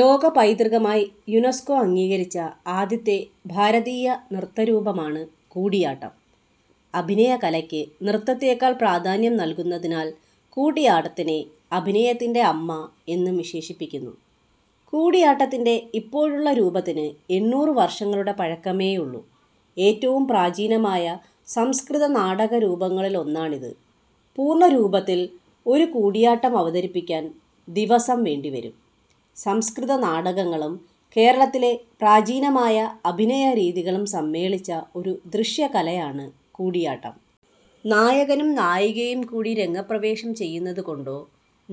ലോകപൈതൃകമായി UNESCO അംഗീകരിച്ച ആദ്യത്തെ ഭാരതീയ നൃത്തരൂപമാണ് കൂടിയാട്ടം. അഭിനയകലയ്ക്ക് നൃത്തത്തേക്കാൾ പ്രാധാന്യം നൽകുന്നതിനാൽ കൂടിയാട്ടത്തിനെ "അഭിനയത്തിന്റെ അമ്മ" എന്നും വിശേഷിപ്പിക്കുന്നു. കൂടിയാട്ടത്തിന്റെ ഇപ്പോഴുള്ള രൂപത്തിന് എണ്ണൂറ് വർഷങ്ങളുടെ പഴക്കമേയുള്ളു. ഏറ്റവും പ്രാചീനമായ സംസ്കൃതനാടകരൂപങ്ങളിലൊന്നാണിത്. പൂർണരൂപത്തിൽ ഒരു കൂടിയാട്ടം അവതരിപ്പിക്കാൻ ദിവസം വേണ്ടിവരും. സംസ്കൃത നാടകങ്ങളും കേരളത്തിലെ പ്രാചീനമായ അഭിനയരീതികളും സമ്മേളിച്ച ഒരു ദൃശ്യകലയാണ് കൂടിയാട്ടം. നായകനും നായികയും കൂടി രംഗപ്രവേശം ചെയ്യുന്നതുകൊണ്ടോ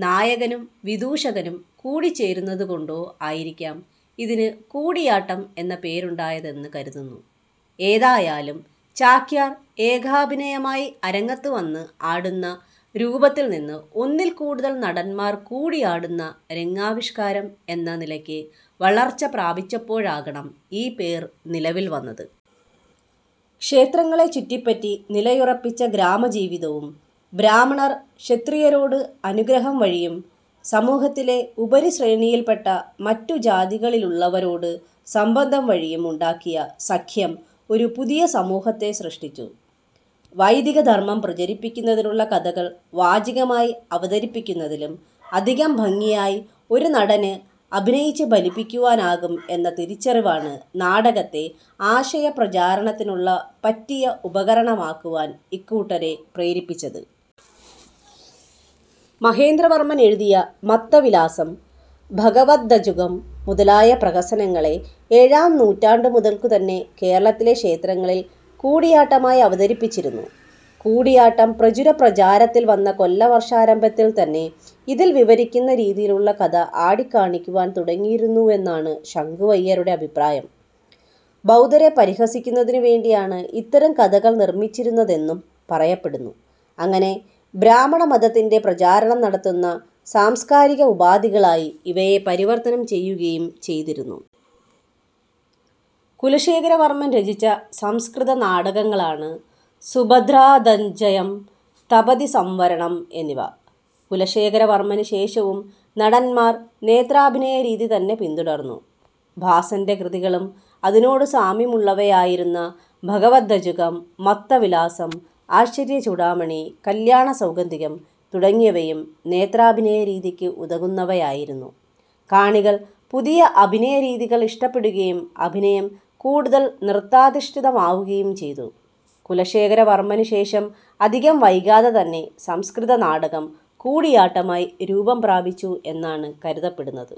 നായകനും വിദൂഷകനും കൂടിച്ചേരുന്നതുകൊണ്ടോ ആയിരിക്കാം ഇതിന് കൂടിയാട്ടം എന്ന പേരുണ്ടായതെന്ന് കരുതുന്നു. ഏതായാലും ചാക്യാർ ഏകാഭിനയമായി അരങ്ങത്ത് വന്ന് ആടുന്ന രൂപത്തിൽനിന്ന് ഒന്നിൽ കൂടുതൽ നടന്മാർ കൂടി ആടുന്ന രംഗാവിഷ്കാരം എന്ന നിലക്കു വളർച്ച പ്രാപിച്ചപ്പോഴാകണം ഈ പേർ നിലവിൽ വന്നത്. ക്ഷേത്രങ്ങളെ ചുറ്റിപ്പറ്റി നിലയുറപ്പിച്ച ഗ്രാമജീവിതവും, ബ്രാഹ്മണർ ക്ഷത്രിയരോട് അനുഗ്രഹം വഴിയും, സമൂഹത്തിലെ ഉപരിശ്രേണിയിൽപ്പെട്ട മറ്റു ജാതികളിലുള്ളവരോട് സംബന്ധം വഴിയും ഉണ്ടാക്കിയ സഖ്യം ഒരു പുതിയ സമൂഹത്തെ സൃഷ്ടിച്ചു. വൈദികധർമ്മം പ്രചരിപ്പിക്കുന്നതിനുള്ള കഥകൾ വാചികമായി അവതരിപ്പിക്കുന്നതിലും അധികം ഭംഗിയായി ഒരു നടന് അഭിനയിച്ചു ഫലിപ്പിക്കുവാനാകും എന്ന തിരിച്ചറിവാണ് നാടകത്തെ ആശയപ്രചാരണത്തിനുള്ള പറ്റിയ ഉപകരണമാക്കുവാൻ ഇക്കൂട്ടരെ പ്രേരിപ്പിച്ചത്.. മഹേന്ദ്രവർമ്മൻ എഴുതിയ മത്തവിലാസം, ഭഗവദജ്ജുകം മുതലായ പ്രഹസനങ്ങളെ ഏഴാം നൂറ്റാണ്ടു മുതൽക്കുതന്നെ കേരളത്തിലെ ക്ഷേത്രങ്ങളിൽ കൂടിയാട്ടമായി അവതരിപ്പിച്ചിരുന്നു. കൂടിയാട്ടം പ്രചുരപ്രചാരത്തിൽ വന്ന കൊല്ലവർഷാരംഭത്തിൽതന്നെ ഇതിൽ വിവരിക്കുന്ന രീതിയിലുള്ള കഥ ആടിക്കാണിക്കുവാൻ തുടങ്ങിയിരുന്നുവെന്നാണ് ശങ്കുഅയ്യരുടെ അഭിപ്രായം. ബൗദ്ധരെ പരിഹസിക്കുന്നതിനു വേണ്ടിയാണ് ഇത്തരം കഥകൾ നിർമ്മിച്ചിരുന്നതെന്നും പറയപ്പെടുന്നു. അങ്ങനെ ബ്രാഹ്മണമതത്തിൻറെ പ്രചാരണം നടത്തുന്ന സാംസ്കാരിക ഉപാധികളായി ഇവയെ പരിവർത്തനം ചെയ്യുകയും ചെയ്തിരുന്നു. കുലശേഖരവർമ്മൻ രചിച്ച സംസ്കൃത നാടകങ്ങളാണ് സുഭദ്രാധഞ്ജയം, തപതിസംവരണംഎന്നിവ. കുലശേഖരവർമ്മനു ശേഷവും നടന്മാർ നേത്രാഭിനയരീതി തന്നെ പിന്തുടർന്നു. ഭാസന്റെ കൃതികളും, അതിനോടു സാമ്യമുള്ളവയായിരുന്ന "ഭഗവദജ്ജുകം", "മത്തവിലാസം", "ആശ്ചര്യചൂഡാമണി", "കല്ല്യാണസൗഗന്ധികം" തുടങ്ങിയവയും നേത്രാഭിനയരീതിക്ക് ഉതകുന്നവയായിരുന്നു. കാണികൾ പുതിയ അഭിനയരീതികൾ ഇഷ്ടപ്പെടുകയും അഭിനയം കൂടുതൽ നൃത്താധിഷ്ഠിതമാവുകയും ചെയ്തു. കുലശേഖരവർമ്മനുശേഷം അധികം വൈകാതെതന്നെ സംസ്കൃതനാടകം കൂടിയാട്ടമായി രൂപം പ്രാപിച്ചു എന്നാണ് കരുതപ്പെടുന്നത്.